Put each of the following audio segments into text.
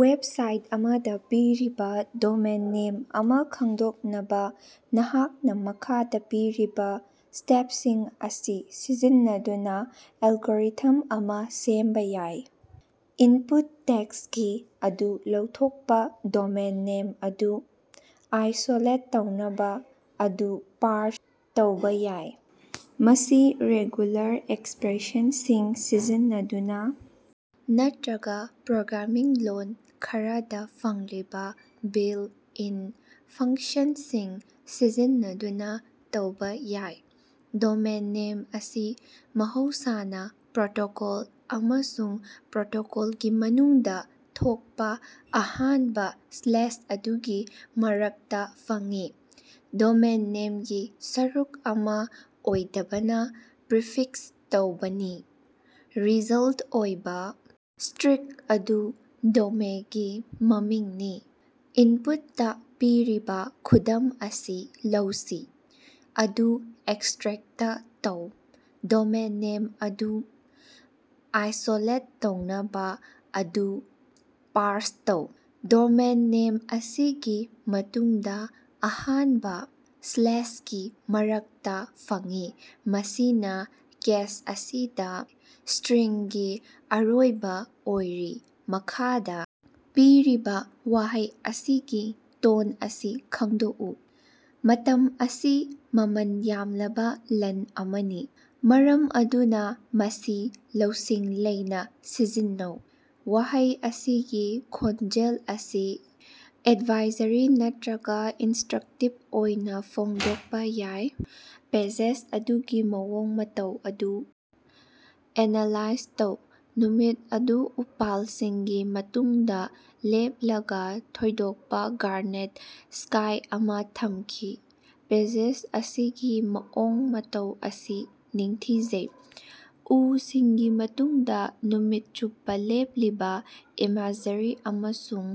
Website ꯑꯃꯗꯥ ꯄꯤꯔꯤꯕꯥ domain name ꯑꯃꯥ ꯈꯪꯗꯣꯛꯅꯕꯥ, ꯅꯍꯥꯛꯅꯥ ꯃꯈꯥꯗꯥ ꯄꯤꯔꯤꯕꯥ ꯁ꯭ꯇꯦꯞꯁꯤꯡ ꯑꯁꯤ ꯁꯤꯖꯤꯟꯅꯗꯨꯅꯥ ꯑꯦꯜꯒꯣꯔꯤꯊꯝ ꯑꯃꯥ ꯁꯦꯝꯕꯥ ꯌꯥꯏ꯫ꯏꯟꯄꯨꯠ ꯇꯦꯛꯁꯒꯤ ꯑꯗꯨ ꯂꯧꯊꯣꯛꯄꯥ ꯗꯣꯃꯦꯟ ꯅꯦꯝ ꯑꯗꯨ ꯑꯥꯏꯁꯣꯂꯦꯠ ꯇꯧꯅꯕꯥ ꯑꯗꯨ ꯄꯥꯔꯁ ꯇꯧꯕꯥ ꯌꯥꯏ꯫ ꯃꯁꯤ ꯔꯦꯒꯨꯂꯥꯔ ꯑꯦꯛꯁꯄ꯭ꯔꯦꯁꯟꯁꯤꯡ ꯁꯤꯖꯤꯟꯅꯗꯨꯅꯥ, ꯅꯠꯇ꯭ꯔꯒꯥ ꯄ꯭ꯔꯣꯒ꯭ꯔꯥꯃꯤꯡ ꯂꯣꯜ ꯈꯔꯗꯥ ꯐꯪꯂꯤꯕꯥ ꯕꯤꯜ-ꯏꯟ ꯐꯪꯁꯟꯁꯤꯡ ꯁꯤꯖꯤꯟꯅꯗꯨꯅꯥ ꯇꯧꯕꯥ ꯌꯥꯏ꯫ ꯗꯣꯃꯦꯟ ꯅꯦꯝ ꯑꯁꯤ ꯃꯍꯧꯁꯥꯅꯥ ꯄ꯭ꯔꯣꯇꯣꯀꯣꯜ ꯑꯃꯁꯨꯡ ꯄ꯭ꯔꯣꯇꯣꯀꯣꯜꯒꯤ ꯃꯇꯨꯡꯗꯥ ꯊꯣꯛꯄꯥ ꯑꯍꯥꯟꯕꯥ ꯁ꯭ꯂꯦꯁ ꯑꯗꯨꯒꯤ ꯃꯔꯛꯇꯥ ꯐꯪꯏ꯫ ꯗꯣꯃꯦꯟ ꯅꯦꯝꯒꯤ ꯁꯔꯨꯛ ꯑꯃꯥ ꯑꯣꯏꯗꯕꯅꯥ ꯄ꯭ꯔꯤꯐꯤꯛꯁ ꯇꯧꯕꯥꯅꯤ꯫ ꯔꯤꯖꯜꯇ ꯑꯣꯏꯕꯥ ꯏꯁꯇ꯭ꯔꯤꯡ ꯑꯗꯨ ꯗꯣꯃꯦꯏꯒꯤ ꯃꯃꯤꯡꯅꯤ꯫ ꯏꯟꯄꯨꯠꯇꯥ ꯄꯤꯔꯤꯕꯥ ꯈꯨꯗꯝ ꯑꯁꯤ ꯂꯧꯁꯤ꯫ꯑꯗꯨ ꯑꯦꯛꯁꯇ꯭ꯔꯦꯛꯇ ꯇꯧ꯫ꯗꯣꯃꯦꯟ ꯅꯦꯝ ꯑꯗꯨ ꯑꯥꯏꯁꯣꯂꯦꯠ ꯇꯧꯅꯕꯥ ꯑꯗꯨ ꯄꯥꯔꯁ ꯇꯧ꯫ ꯗꯣꯃꯦꯟ ꯅꯦꯝ ꯑꯁꯤꯒꯤ ꯃꯇꯨꯡꯗꯥ ꯑꯍꯥꯟꯕ ꯁ꯭ꯂꯦꯁꯀꯤ ꯃꯔꯛꯇꯥ ꯐꯪꯏ, ꯃꯁꯤꯅꯥ ꯀꯦꯁ ꯑꯁꯤꯗꯥ ꯏꯁꯇ꯭ꯔꯤꯡꯒꯤ ꯑꯔꯣꯏꯕꯥ ꯑꯣꯏꯔꯤ꯫ ꯃꯈꯥꯗꯥ ꯄꯤꯔꯤꯕꯥ ꯋꯥꯍꯩ ꯑꯁꯤꯒꯤ ꯇꯣꯟ ꯑꯁꯤ ꯈꯪꯗꯣꯛꯎ꯫ ꯃꯇꯝ ꯑꯁꯤ ꯃꯃꯜ ꯌꯥꯝꯂꯕꯥ ꯂꯟ ꯑꯃꯅꯤ꯫ ꯃꯔꯝ ꯑꯗꯨꯅꯥ ꯃꯁꯤ ꯂꯧꯁꯤꯡ ꯂꯩꯅꯥ ꯁꯤꯖꯤꯟꯅꯧ꯫ ꯋꯥꯍꯩ ꯑꯁꯤꯒꯤ ꯈꯣꯟꯖꯦꯜ ꯑꯁꯤ ꯑꯦꯠꯚꯥꯏꯖꯔꯤ ꯅꯠꯇ꯭ꯔꯒꯥ ꯏꯟꯁꯇ꯭ꯔꯛꯇꯤꯕ ꯑꯣꯏꯅꯥ ꯐꯣꯡꯗꯣꯛꯄꯥ ꯌꯥꯏ꯫ ꯄꯦꯖꯦꯖ ꯑꯗꯨꯒꯤ ꯃꯑꯣꯡ ꯃꯇꯧ ꯑꯗꯨ ꯑꯦꯅꯥꯂꯥꯏꯖ ꯇꯧ꯫ ꯅꯨꯃꯤꯠ ꯑꯗꯨ ꯎꯄꯥꯜꯁꯤꯡꯒꯤ ꯃꯇꯨꯡꯗꯥ ꯂꯦꯞꯂꯒꯥ ꯊꯣꯏꯗꯣꯛꯄꯥ ꯒꯥꯔꯅꯦꯠ ꯁ꯭ꯀꯥꯏ ꯑꯃꯥ ꯊꯝꯈꯤ꯫ ꯄꯦꯖꯦꯖ ꯑꯁꯤꯒꯤ ꯃꯑꯣꯡ ꯃꯇꯧ ꯑꯁꯤ ꯅꯤꯡꯊꯤꯖꯩ꯫ ꯎꯁꯤꯡꯒꯤ ꯃꯇꯨꯡꯗꯥ ꯅꯨꯃꯤꯠ ꯆꯨꯞꯄꯥ ꯂꯦꯞꯂꯤꯕꯥ ꯏꯃꯦꯖꯔꯤ ꯑꯃꯁꯨꯡ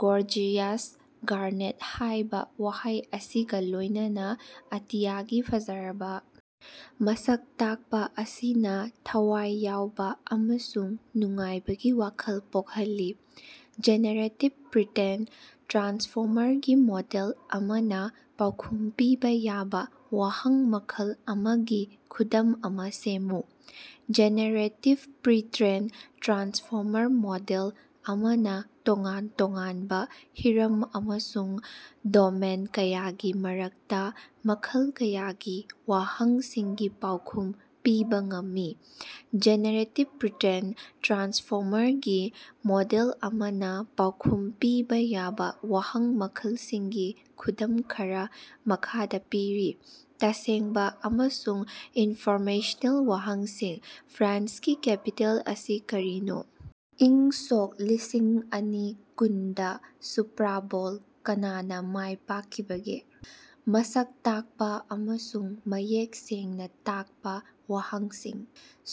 ꯒꯣꯔꯖꯤꯌꯥꯁ ꯒꯥꯔꯅꯦꯠ ꯍꯥꯏꯕꯥ ꯋꯥꯍꯩ ꯑꯁꯤꯒꯥ ꯂꯣꯏꯅꯅꯥ ꯑꯇꯤꯌꯥꯒꯤ ꯐꯖꯔꯕꯥ ꯃꯁꯛ ꯇꯥꯛꯄꯥ ꯑꯁꯤꯅꯥ ꯊꯋꯥꯏ ꯌꯥꯎꯕꯥ ꯑꯃꯁꯨꯡ ꯅꯨꯡꯉꯥꯏꯕꯒꯤ ꯋꯥꯈꯜ ꯄꯣꯛꯍꯜꯂꯤ꯫ ꯖꯦꯅꯦꯔꯦꯇꯤꯞ ꯄ꯭ꯔꯤꯇ꯭ꯔꯦꯟ ꯇ꯭ꯔꯥꯟꯁꯐꯣꯔꯃꯔꯒꯤ ꯃꯣꯗꯦꯜ ꯑꯃꯅꯥ ꯄꯥꯎꯈꯨꯝ ꯄꯤꯕꯥ ꯌꯥꯕꯥ ꯋꯥꯍꯪ ꯃꯈꯜ ꯑꯃꯒꯤ ꯈꯨꯗꯝ ꯑꯃꯥ ꯁꯦꯝꯃꯨ꯫ ꯖꯦꯅꯦꯔꯦꯇꯤꯕ ꯄ꯭ꯔꯤ-ꯇ꯭ꯔꯦꯟ ꯇ꯭ꯔꯥꯟꯁꯐꯣꯔꯃꯔ ꯃꯣꯗꯦꯜ ꯑꯃꯅꯥ ꯇꯣꯉꯥꯟ ꯇꯣꯉꯥꯟꯕꯥ ꯍꯤꯔꯝ ꯑꯃꯁꯨꯡ ꯗꯣꯃꯦꯟ ꯀꯌꯥꯒꯤ ꯃꯔꯛꯇꯥ ꯃꯈꯜ ꯀꯌꯥꯒꯤ ꯋꯥꯍꯪꯁꯤꯡꯒꯤ ꯄꯥꯎꯈꯨꯝ ꯄꯤꯕꯥ ꯉꯝꯒꯅꯤ꯫ ꯖꯦꯅꯦꯔꯦꯇꯤꯞ ꯄ꯭ꯔꯤꯇ꯭ꯔꯦꯟ ꯇ꯭ꯔꯥꯟꯁꯐꯣꯔꯃꯔꯒꯤ ꯃꯣꯗꯦꯜ ꯑꯃꯅꯥ ꯄꯥꯎꯈꯨꯝ ꯄꯤꯕꯥ ꯌꯥꯕꯥ ꯋꯥꯍꯪ ꯃꯈꯜꯁꯤꯡꯒꯤ ꯈꯨꯗꯝ ꯈꯔꯥ ꯃꯈꯥꯗꯥ ꯄꯤꯔꯤ: ꯇꯁꯦꯡꯕꯥ ꯑꯃꯁꯨꯡ ꯏꯟꯐꯣꯔꯃꯦꯁꯟꯅꯦꯜ ꯋꯥꯍꯪꯁꯤꯡ: "ꯐ꯭ꯔꯥꯟꯁꯀꯤ ꯀꯦꯄꯤꯇꯦꯜ ꯑꯁꯤ ꯀꯔꯤꯅꯣ? ꯏꯪ ꯁꯣꯛ ꯂꯤꯁꯤꯡꯑꯅꯤ ꯀꯨꯟꯗꯥ ꯁꯨꯄꯥꯔ ꯕꯣꯜ ꯀꯅꯥꯅ ꯃꯥꯏꯄꯥꯛꯈꯤꯕꯒꯦ?" ꯃꯁꯛ ꯇꯥꯛꯄꯥ ꯑꯃꯁꯨꯡ ꯃꯌꯦꯛ ꯁꯦꯡꯅꯥ ꯇꯥꯛꯄꯥ ꯋꯥꯍꯪꯁꯤꯡ: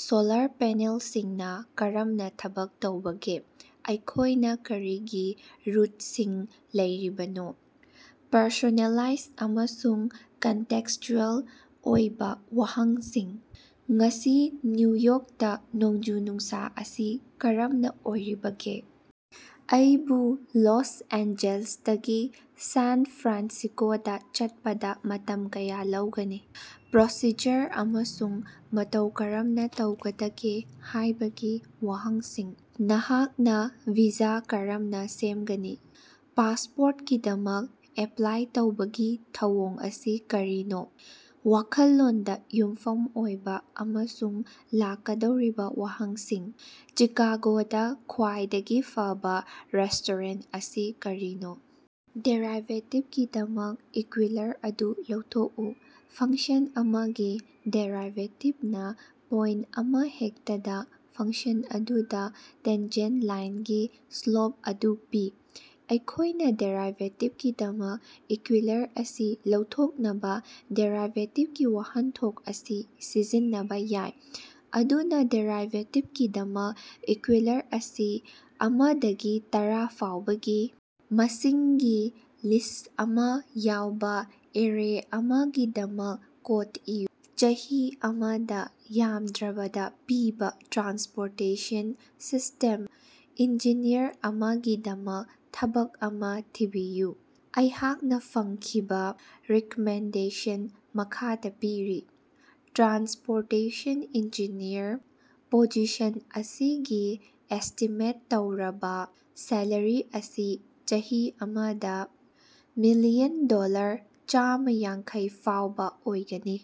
"ꯁꯣꯂꯥꯔ ꯄꯦꯅꯦꯜꯁꯤꯡꯅꯥ ꯀꯔꯝꯅꯥ ꯊꯕꯛ ꯇꯧꯕꯒꯦ? " "ꯑꯩꯈꯣꯏꯅꯥ ꯀꯔꯤꯒꯤ ꯔꯨꯠꯁꯤꯡ ꯂꯩꯔꯤꯕꯅꯣ? " ꯄꯔꯁꯣꯅꯦꯂꯥꯏꯖ ꯑꯃꯁꯨꯡ ꯀꯟꯇꯦꯛꯁꯆꯨꯑꯦꯜ ꯑꯣꯏꯕꯥ ꯋꯥꯍꯪꯁꯤꯡ: "ꯉꯁꯤ ꯅ꯭ꯌꯨ ꯌꯣꯛꯇꯥ ꯅꯣꯡꯖꯨ-ꯅꯨꯡꯁꯥ ꯑꯁꯤ ꯀꯔꯝꯅꯥ ꯑꯣꯏꯔꯤꯕꯒꯦ? "ꯑꯩꯕꯨ ꯂꯣꯁ ꯑꯦꯟꯖꯦꯂꯁꯇꯒꯤ ꯁꯥꯟ ꯐ꯭ꯔꯥꯟꯁꯤꯁꯀꯣꯗꯥ ꯆꯠꯄꯗꯥ ꯃꯇꯝ ꯀꯌꯥ ꯂꯧꯒꯅꯤ? " ꯄ꯭ꯔꯣꯁꯤꯖꯔ ꯑꯃꯁꯨꯡ ꯃꯇꯧ ꯀꯔꯝꯅꯥ ꯇꯧꯒꯗꯒꯦ ꯍꯥꯏꯕꯒꯤ ꯋꯥꯍꯪꯁꯤꯡ: "ꯅꯍꯥꯛꯅꯥ ꯚꯤꯁꯥ ꯀꯔꯝꯅꯥ ꯁꯦꯃꯒꯅꯤ?" "ꯄꯥꯁꯄꯣꯔꯠꯀꯤꯗꯃꯛ ꯑꯦꯄ꯭ꯂꯥꯏ ꯇꯧꯕꯒꯤ ꯊꯧꯑꯣꯡ ꯑꯁꯤ ꯀꯔꯤꯅꯣ? " ꯋꯥꯈꯜꯂꯣꯟꯗꯥ ꯌꯨꯝꯐꯝ ꯑꯣꯏꯕꯥ ꯑꯃꯁꯨꯡ ꯂꯥꯛꯀꯗꯧꯔꯤꯕꯥ ꯋꯥꯍꯪꯁꯤꯡ: "ꯆꯤꯀꯥꯒꯣꯗꯥ ꯈ꯭ꯋꯥꯏꯗꯒꯤ ꯐꯕꯥ ꯔꯦꯁꯇꯣꯔꯦꯟꯇ ꯑꯁꯤ ꯀꯔꯤꯅꯣ? ꯗꯦꯔꯥꯏꯕꯦꯇꯤꯞꯀꯤꯗꯃꯛ ꯏꯀ꯭ꯌꯨꯏꯂꯔ ꯑꯗꯨ ꯂꯧꯊꯣꯛꯎ꯫ ꯐꯪꯁꯟ ꯑꯃꯒꯤ ꯗꯦꯔꯥꯏꯕꯦꯇꯤꯞꯅꯥ ꯄꯣꯏꯟ ꯑꯃꯍꯦꯛꯇꯗꯥ ꯐꯪꯁꯟ ꯑꯗꯨꯗꯥ ꯇꯦꯟꯖꯦꯟ ꯂꯥꯏꯟꯒꯤ ꯁ꯭ꯂꯣꯞ ꯑꯗꯨ ꯄꯤ꯫ ꯑꯩꯈꯣꯏꯅꯥ ꯗꯦꯔꯥꯏꯕꯦꯇꯤꯞꯀꯤꯗꯃꯛ ꯏꯀ꯭ꯌꯨꯏꯂꯔ ꯑꯁꯤ ꯂꯧꯊꯣꯛꯅꯕꯥ ꯗꯦꯔꯥꯏꯕꯦꯇꯤꯞꯀꯤ ꯋꯥꯍꯟꯊꯣꯛ ꯑꯁꯤ ꯁꯤꯖꯤꯟꯅꯕꯥ ꯌꯥꯏ꯫ ꯑꯗꯨꯅꯥ ꯗꯦꯔꯥꯏꯕꯦꯇꯤꯞꯀꯤꯗꯃꯛ ꯏꯀ꯭ꯌꯨꯏꯂꯔ ꯑꯁꯤ ꯑꯃꯥꯗꯒꯤ ꯇꯔꯥ ꯐꯥꯎꯕꯒꯤ ꯃꯁꯤꯡꯒꯤ ꯂꯤꯁ ꯑꯃꯥ ꯌꯥꯎꯕꯥ ꯑꯦꯔꯦ ꯑꯃꯒꯤꯗꯃꯛ ꯀꯣꯠ ꯏꯌꯨ꯫ ꯆꯍꯤ ꯑꯃꯗꯥ ꯌꯥꯝꯗ꯭ꯔꯕꯗꯥ ꯄꯤꯕꯥ ꯇ꯭ꯔꯥꯟꯁꯄꯣꯔꯇꯦꯁꯟ ꯁꯤꯁꯇꯦꯝ ꯏꯟꯖꯤꯅꯤꯌꯔ ꯑꯃꯒꯤꯗꯃꯛ ꯊꯕꯛ ꯑꯃꯥ ꯊꯤꯕꯤꯌꯨ꯫ ꯑꯩꯍꯥꯛꯅꯥ ꯐꯪꯈꯤꯕꯥ ꯔꯤꯛꯃꯦꯟꯗꯦꯁꯟ ꯃꯈꯥꯗꯥ ꯄꯤꯔꯤ: ꯇ꯭ꯔꯥꯟꯁꯄꯣꯔꯇꯦꯁꯟ ꯏꯟꯖꯤꯅꯤꯌꯔ ꯄꯣꯖꯤꯁꯟ ,ꯑꯁꯤꯒꯤ ꯑꯦꯁꯇꯤꯃꯦꯠ ꯇꯧꯔꯕꯥ ꯁꯦꯂꯔꯤ ꯑꯁꯤ ꯆꯍꯤ ꯑꯃꯗꯥ ꯃꯤꯂꯤꯌꯟ ꯗꯣꯂꯔ ꯆꯥꯝ ꯌꯥꯡꯈꯩ ꯐꯥꯎꯕꯥ ꯑꯣꯏꯒꯅꯤ꯫